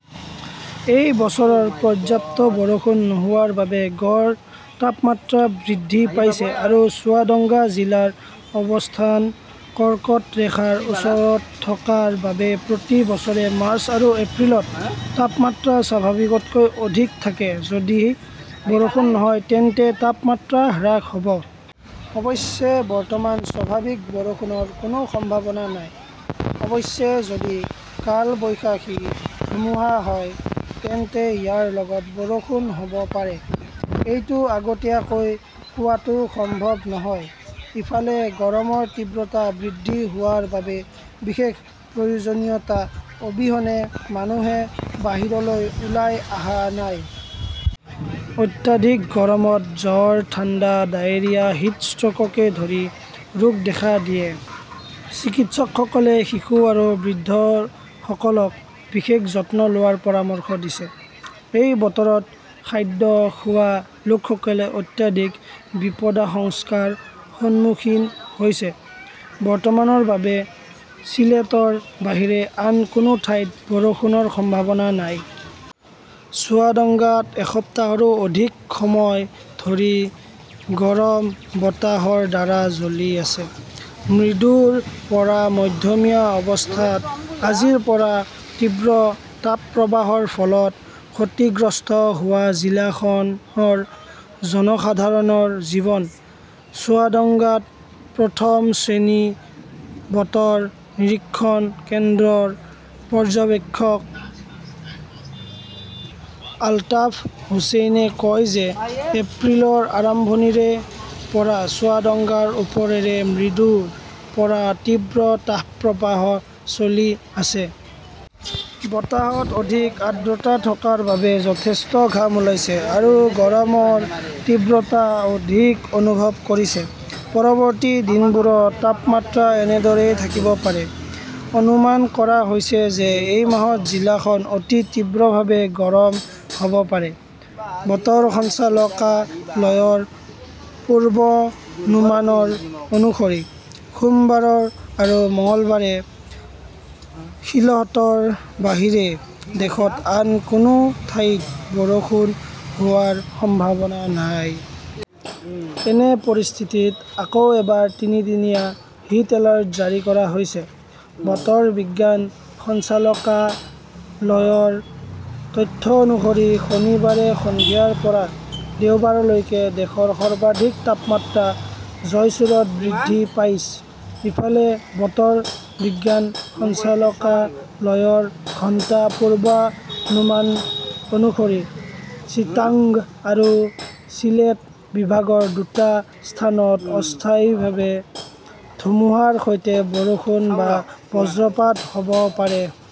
এই বছৰ পৰ্যাপ্ত বৰষুণ নোহোৱাৰ বাবে গড় তাপমাত্ৰা বৃদ্ধি পাইছে। আৰু চুৱাডাঙ্গা জিলাৰ অৱস্থান কৰ্কট ৰেখাৰ ওচৰত থকাৰ বাবে প্ৰতি বছৰে মাৰ্চ আৰু এপ্ৰিলত তাপমাত্ৰা স্বাভাৱিকতকৈ অধিক থাকে। যদি বৰষুণ হয় তেন্তে তাপমাত্ৰা হ্ৰাস হ'ব। অৱশ্যে, বৰ্তমান স্বাভাৱিক বৰষুণৰ কোনো সম্ভাৱনা নাই। অৱশ্যে, যদি কালবৈশাখী ধুমুহা হয়, তেন্তে ইয়াৰ লগত বৰষুণ হ'ব পাৰে। এইটো আগতীয়াকৈ কোৱাটো সম্ভৱ নহয়। ইফালে, গৰমৰ তীব্ৰতা বৃদ্ধি হোৱাৰ বাবে বিশেষ প্ৰয়োজনীয়তা অবিহনে মানুহে বাহিৰলৈ ওলাই অহা নাই। অত্যাধিক গৰমত জ্বৰ, ঠাণ্ডা, ডায়েৰিয়া, হিট ষ্ট্ৰ'ককে ধৰি ৰোগ দেখা দিয়ে। চিকিৎসকসকলে শিশু আৰু বৃদ্ধসকলক বিশেষ যত্ন লোৱাৰ পৰামৰ্শ দিয়ে। এই বতৰত খাদ্য খোৱা লোকসকলে অত্যাধিক বিপদাশঙ্কাৰ সন্মুখীন হৈছে। বৰ্তমানৰ বাবে ছিলেটৰ বাহিৰে আন কোনো ঠাইত বৰষুণৰ সম্ভাৱনা নাই। চুৱাডাঙ্গা এসপ্তাহৰো অধিক সময় ধৰি গৰম বতাহৰ দ্বাৰা জ্বলি আছে। মৃদুৰ পৰা মধ্যমীয়া অৱস্থাত আজিৰ পৰা তীব্ৰ তাপপ্ৰৱাহৰ ফলত ক্ষতিগ্ৰস্ত হোৱা জিলাখনৰ জনসাধাৰণৰ জীৱন। চুৱাডাঙ্গা প্ৰথম শ্ৰেণীৰ বতৰ নিৰীক্ষণ কেন্দ্ৰৰ পৰ্যবেক্ষক আলতাফ হুচেইনে কয় যে এপ্ৰিলৰ আৰম্ভণিৰে পৰা চুৱাডাঙ্গাৰ ওপৰেৰে মৃদুৰ পৰা তীব্ৰ তাপপ্ৰৱাহ চলি আছে। বতাহত অধিক আৰ্দ্ৰতা থকাৰ বাবে যথেষ্ট ঘাম ওলাইছে আৰু গৰমৰ তীব্ৰতা অধিক অনুভৱ কৰিছে। পৰৱৰ্তী দিনবোৰত তাপমাত্ৰা এনেদৰেই থাকিব পাৰে। অনুমান কৰা হৈছে যে, এই মাহত জিলাখন অতি তীব্ৰভাৱে গৰম হ'ব পাৰে। বতৰ সঞ্চালকালয়ৰ পূৰ্বানুমান অনুসৰি সোমবাৰ আৰু মঙলবাৰে সিলহটৰ বাহিৰে দেশৰ আন কোনো ঠাইত বৰষুণ হোৱাৰ সম্ভাৱনা নাই। এনে পৰিস্থিতিত আকৌ এবাৰ তিনিদিনীয়া "হিট এলাৰ্ট" জাৰি কৰা হৈছে। বতৰ বিজ্ঞান সঞ্চালকালয়ৰ তথ্য অনুসৰি, শনিবাৰে সন্ধিয়া পৰা দেওবাৰলৈকে দেশৰ সৰ্বাধিক তাপমাত্ৰা জয়ছোৰত বৃদ্ধি পাইছ। ইফালে, বতৰ বিজ্ঞান সঞ্চালকালয়ৰ ঘণ্টাৰ পূৰ্বানুমান অনুসৰি চিটাগং আৰু চিলেট বিভাগৰ দুটা স্থানত অস্থায়ীভাৱে ধুমুহাৰ সৈতে বৰষুণ বা বজ্ৰপাত হ 'ব পাৰে।